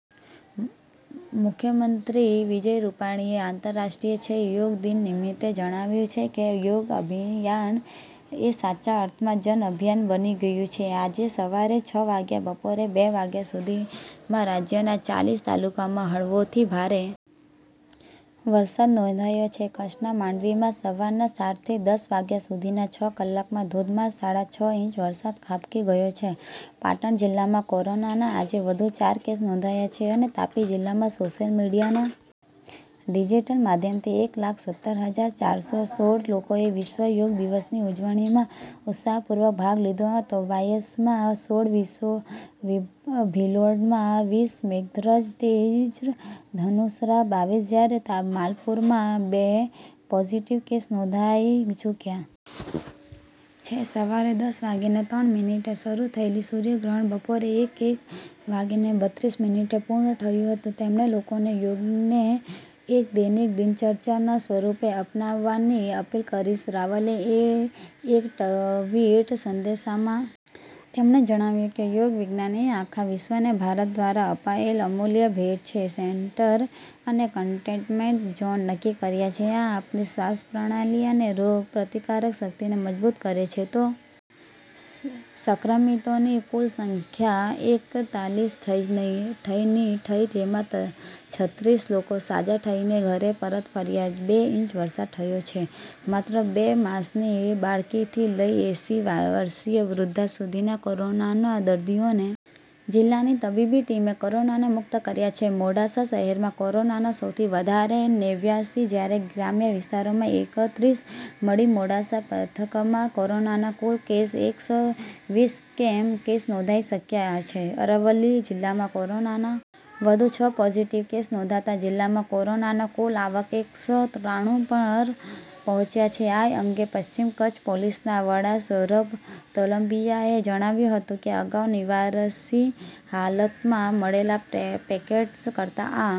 મુખ્યમંત્રી વિજય રૂપાણીએ આંતરરાષ્ટ્રીછેય યોગ દિન નિમિત્તે જણાવ્યું છે કે યોગ અભિયાન એ સાચા અર્થમાં જન અભિયાન બની ગયું છે આજે સવારે છ વાગ્યાથી બપોરે બે વાગ્યા સુધીમાં રાજ્યના ચાલીસ તાલુકામાં હળવોથી ભારે વરસાદ નોંધાયો છે કચ્છના માંડવીમાં સવારના ચારથી દસ વાગ્યા સુધીના છ કલાકમાં ધોધમાર સાડા છ ઈંચ વરસાદ ખાબકી ગયો છે પાટણ જિલ્લામાં કોરોનાના આજે વધુ ચાર કેસ નોંધાયા છે અને તાપી જિલ્લામાં સોશિયલ મીડીયાના ડિજીટલ માધ્યમથી એક લાખ સત્તર હજાર ચાર સો સોળ લોકોએ વિશ્વ યોગ દિવસની ઉજવણીમાં ઉત્સાહપૂર્વક ભાગ લીધો હતો બાયડમાં સોળ ભિલોડામાં વીસ મેઘરજ તેર ધનસુરા બાવીસ જ્યારે માલપુરમાં બે પોઝિટિવ કેસ નોંધાઈ ચુક્યા છે સવારે દસ વાગીને ત્રણ મિનિટે શરૂ થયેલું સૂર્યગ્રહણ બપોરે એક એક વાગીને બત્રીસ મિનિટે પૂર્ણ થયું હતું તેમણે લોકોને યોગને એક દૈનિક દિનચર્યાના સ્વરૂપે અપનાવવાની અપીલ કરી રાવલે એ એક ટવીટ સંદેશામાં તેમણે જણાવ્યું કે યોગ વિજ્ઞાન એ આખા વિશ્વને ભારત દ્વારા અપાયેલ અમૂલ્ય ભેટ છે સેન્ટર અને કન્ટેઇનમેન્ટ ઝોન નક્કી કર્યા છે આ આપણી શ્વાસ પ્રણાલી અને રોગ પ્રતિકારક શક્તિને મજબૂત કરે છે તો સંક્રમિતોની કુલ સંખ્યા એકતાલીસ થઈ ની થઈ જેમાં છત્રીસ લોકો સાજા થઇ ને ઘરે પરત ફર્યા છે બે ઇંચ વરસાદ થયો છે માત્ર બે માસની બાળકીથી લઈ એંસી વર્ષિય વૃધ્ધા સુધીના કોરોનાના દર્દીઓને જિલ્લાની તબીબી ટીમે કોરોના મુક્ત કર્યા છે મોડાસા શહેરમાં કોરોનાના સૌથી વધારે નેવ્યાસી જ્યારે ગ્રામ્ય વિસ્તારોમાં એકત્રીસ મળી મોડાસા પંથકમાં કોરોનાના કુલ કેસ એક સો વીસ કેસ નોંધાઈ ચુક્યા છે અરવલ્લી જિલ્લામાં કોરોનાના વધુ છ પોઝિટિવ કેસ નોંધાતા જિલ્લામાં કોરોનાનો કુલ આંક એક સો ત્રાણું પર પહોંચ્યો છે આ અંગે પશ્ચિમ કચ્છ પોલીસના વડા સૌરભ તોલંબિયાએ જણાવ્યું હતું કે અગાઉ બિનવારસી હાલતમાં મળેલા પેકેટ્સ કરતાં આ